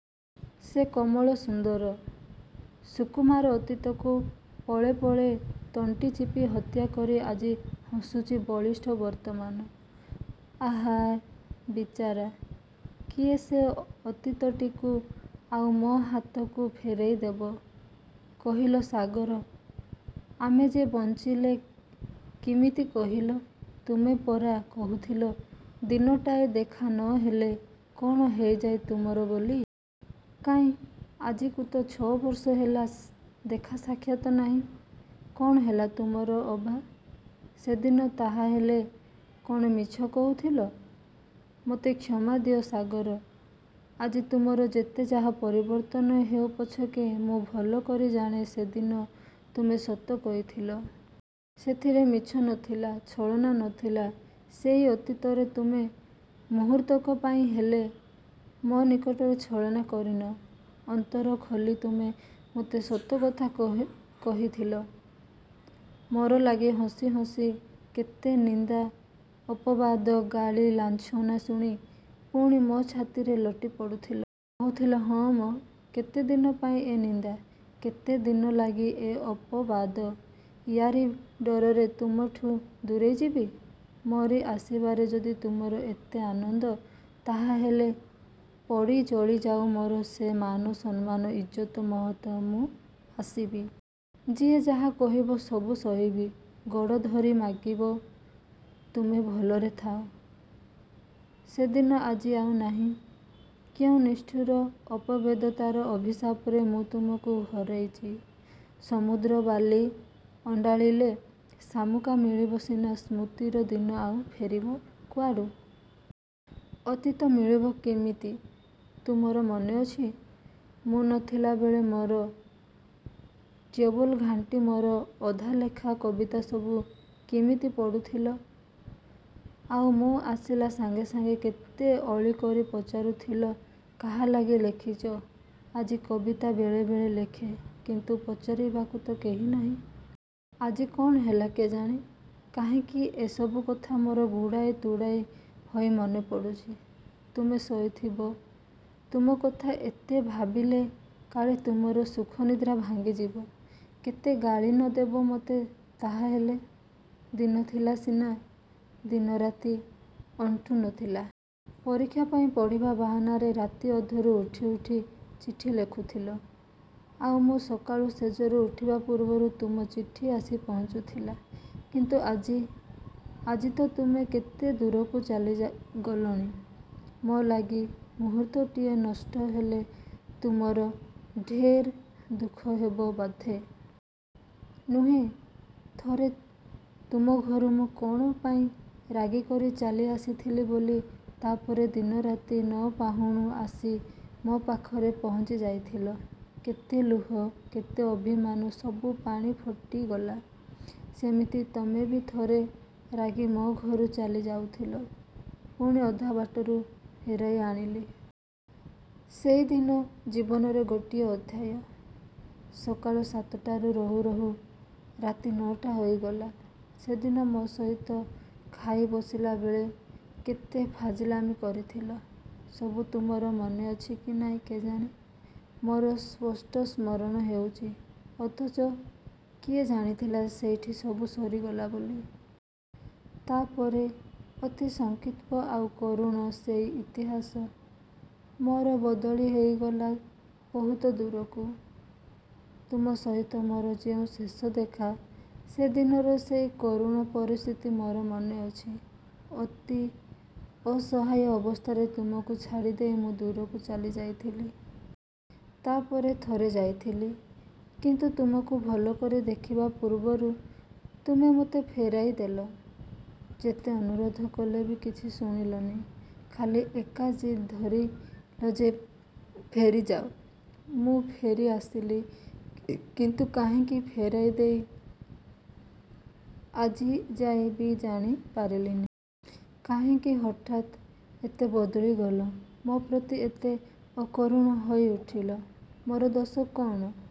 ସେ କୋମଳ ସୁନ୍ଦର, ସୁକୁମାର ଅତୀତକୁ ପଳେ ପଳେ ତଣ୍ଟି ଚିପି ହତ୍ୟା କରି ଆଜି ହସୁଛି ବଳିଷ୍ଠ ବର୍ତ୍ତମାନ। ଆହା ବିଚାରା–କିଏ ସେ ଅତୀତଟିକୁ ଆଉ ମୋ ହାତକୁ ଫେରେଇ ଦେବ। କହିଲ ସାଗର! ଆମେ ଯେ ବଞ୍ଚିଲେ କିମିତି କହିଲ? ତୁମେ ପରା କହୁଥିଲ ଦିନଟାଏ ଦେଖା ନହେଲେ, କ'ଣ ହେଇଯାଏ ତୁମର ବୋଲି। କାଇଁ ଆଜିକୁ ତ ଛଅ ବର୍ଷ ହେଲା ସ ଦେଖା ସାକ୍ଷାତ ନାହିଁ। କ'ଣ ହେଲା ତୁମର ଅବା! ସେଦିନ ତାହା'ହେଲେ କ'ଣ ମିଛ କହୁଥିଲ? ମୋତେ କ୍ଷମା ଦିଅ ସାଗର। ଆଜି ତୁମର ଯେତେ ଯାହା ପରିବର୍ତ୍ତନ ହେଉ ପଛକେ; ମୁଁ ଭଲ କରି ଜାଣେ ସେଦିନ ତୁମେ ସତ କହିଥିଲ। ସେଥିରେ ମିଛ ନଥିଲା–ଛଳନା ନଥିଲା। ସେଇ ଅତୀତରେ ତୁମେ ମୁହୂର୍ତ୍ତକ ପାଇଁ ହେଲେ ମୋ ନିକଟରେ ଛଳନା କରିନ–ଅନ୍ତର ଖୋଲି ତୁମେ ମୋତେ ସତ କଥା କହି କହିଥିଲ। ମୋର ଲାଗି ହସିଁ ହସିଁ କେତେ ନିନ୍ଦା, ଅପବାଦ, ଗାଳି ଲାଞ୍ଛନା ଶୁଣି; ପୁଣି ମୋ ଛାତିରେ ଲୋଟି ପଡ଼ୁଥିଲ। କହୁଥିଲ–''ହଁ ମ–କେତେ ଦିନ ପାଇଁ ଏ ନିନ୍ଦା; କେତେ ଦିନ ଲାଗି ଏ ଅପବାଦ। ୟାରି ଡରରେ ତୁମଠୁଁ ଦୂରେଇ ଯିବି। ମୋରି ଆସିବାରେ ଯଦି ତୁମର ଏତେ ଆନନ୍ଦ ତାହା'ହେଲେ ପୋଡ଼ି ଜଳି ଯାଉ ମୋର ସେ ମାନ, ସମ୍ମାନ ଇଜ୍ଜତ ମହତ–ମୁଁ ଆସିବି। ଯିଏ ଯାହା କହିବ ସବୁ ସହିବି। ଗୋଡ଼ ଧରି ମାଗିବ ତୁମେ ଭଲରେ ଥାଅ। '' ସେଦିନ ଆଜି ଆଉ ନାହିଁ। କେଉଁ ନିଷ୍ଠୁର ଅପବେଦତାର ଅଭିଶାପରେ ମୁଁ ତୁମକୁ ହରେଇଛି। ସମୁଦ୍ର ବାଲି ଅଣ୍ଡାଳିଲେ ଶାମୁକା ମିଳିବ ସିନା–ସ୍ମୃତିର ଦିନ ଆଉ ଫେରିବ କୁଆଡ଼ୁ? ଅତୀତ ମିଳିବ କେମିତି? ତୁମର ମନେଅଛି–ମୁଁ ନଥିଲା ବେଳେ ମୋର ଟେବୁଲ୍ ଘାଣ୍ଟି ମୋର ଅଧାଲେଖା କବିତା ସବୁ କେମିତି ପଢ଼ୁଥିଲ–ଆଉ ମୁଁ ଆସିଲା ସାଙ୍ଗେ ସାଙ୍ଗେ କେତେ ଅଳି କରି ପଚାରୁ ଥିଲ ''କାହାଲାଗି ଲେଖିଛ''–ଆଜି କବିତା ବେଳେ ବେଳେ ଲେଖେ। କିନ୍ତୁ ପଚାରିବାକୁ ତ କେହି ନାହିଁ। ଆଜି କ'ଣ ହେଲା କେଜାଣି; କାହିଁକି ଏସବୁ କଥା ମୋର ଗୁଡ଼ାଇ ତୁଡ଼ାଇ ହୋଇ ମନେ ପଡ଼ୁଛି। ତୁମେ ଶୋଇଥିବ। ତୁମ କଥା ଏତେ ଭାବିଲେ କାଳେ ତୁମର ସୁଖନିଦ୍ରା ଭାଙ୍ଗିଯିବ–କେତେ ଗାଳି ନ ଦେବ ମୋତେ ତାହା'ହେଲେ? ଦିନ ଥିଲା ସିନା–ଦିନ ରାତି ଅଣ୍ଟୁ ନଥିଲା। ପରୀକ୍ଷା ପାଇଁ ପଢ଼ିବା ବାହାନାରେ ରାତି ଅଧରୁ ଉଠି ଉଠି ଚିଠି। ଲେଖୁଥିଲ–ଆଉ ମୁଁ ସକାଳୁ ଶେଯରୁ ଉଠିବା ପୂର୍ବରୁ ତୁମ ଚିଠି ଆସି ପହଞ୍ଚୁଥିଲା! କିନ୍ତୁ ଆଜି। ଆଜି ତ ତୁମେ କେତେ ଦୂରକୁ ଚାଲି ଯା ଗଲଣି–ମୋ ଲାଗି ମୁହୂର୍ତ୍ତଟିଏ ନଷ୍ଟ ହେଲେ ତୁମର ଢେର ଦୁଃଖ ହେବ ବଧେ! ନୁହେଁ? ଥରେ ତୁମ ଘରୁ ମୁଁ କ'ଣ ପାଇଁ ରାଗି କରି ଚାଲି ଆସିଥିଲି ବୋଲି ତା' ପରେ ଦିନରାତି ନ ପାହୁଣୁ ଆସି ମୋ ପାଖରେ ପହଞ୍ଚି ଯାଇଥିଲ। କେତେ ଲୁହ, କେତେ ଅଭିମାନ ସବୁ ପାଣି ଫୁଟିଗଲା। ସେମିତି ତମେ ବି ଥରେ ରାଗି ମୋ ଘରୁ ଚାଲି ଯାଉଥିଲ–ପୁଣି ଅଧା ବାଟରୁ ଫେରାଇ ଆଣିଲି। ସେଇ ଦିନ ଜୀବନରେ ଗୋଟିଏ ଅଧ୍ୟାୟ। ସକାଳ ସାତଟାରୁ ରହୁ ରହୁ ରାତି ନଅଟା ହୋଇଗଲା। ସେଦିନ ମୋ ସହିତ ଖାଇ ବସିଲା ବେଳେ କେତେ ଫାଜିଲାମି କରିଥିଲ; ସବୁ ତୁମର ମନେଅଛି କି ନାହିଁ କେଜାଣି; ମୋର ସ୍ପଷ୍ଟ ସ୍ମରଣ ହେଉଛି। ଅଥଚ କିଏ ଜାଣିଥିଲା ସେଇଠି ସବୁ ସରିଗଲା ବୋଲି! ତା'ପରେ... ଅତି ସଂକ୍ଷିପ ଆଉ କରୁଣ ସେଇ ଇତିହାସ। ମୋର ବଦଳି ହୋଇଗଲା ବହୁତ ଦୂରକୁ। ତୁମ ସହିତ ମୋର ଯେଉଁ ଶେଷ ଦେଖା–ସେ ଦିନର ସେଇ କରୁଣ ପରିସ୍ଥିତି ମୋର ମନେଅଛି। ଅତି ଅସହାୟ ଅବସ୍ଥାରେ ତୁମକୁ ଛାଡ଼ିଦେଇ ମୁଁ ଦୂରକୁ ଚାଲି ଯାଇଥିଲି। ତା'ପରେ ଥରେ ଯାଇଥିଲି। କିନ୍ତୁ ତୁମକୁ ଭଲ କରି ଦେଖିବା ପୂର୍ବରୁ ତୁମେ ମୋତେ ଫେରାଇ ଦେଲ। ଯେତେ ଅନୁରୋଧ କଲେ ବି କିଛି ଶୁଣିଲନି। ଖାଲି ଏକା ଜିଦ୍ ଧରିଲ ଯେ ଫେରିଯାଅ। ମୁଁ ଫେରି ଆସିଲି। କିନ୍ତୁ କାହିଁକି ଫେରାଇ ଦେଲ ଆଜିଯାଏଁ ବି ଜାଣି ପାରିଲିନି। କାହିଁକି ହଠାତ୍ ଏତେ ବଦଳି ଗଲ; ମୋ'ପ୍ରତି ଏତେ ଅକରୁଣ ହୋଇ ଉଠିଲ? ମୋର ଦୋଷ କ'ଣ?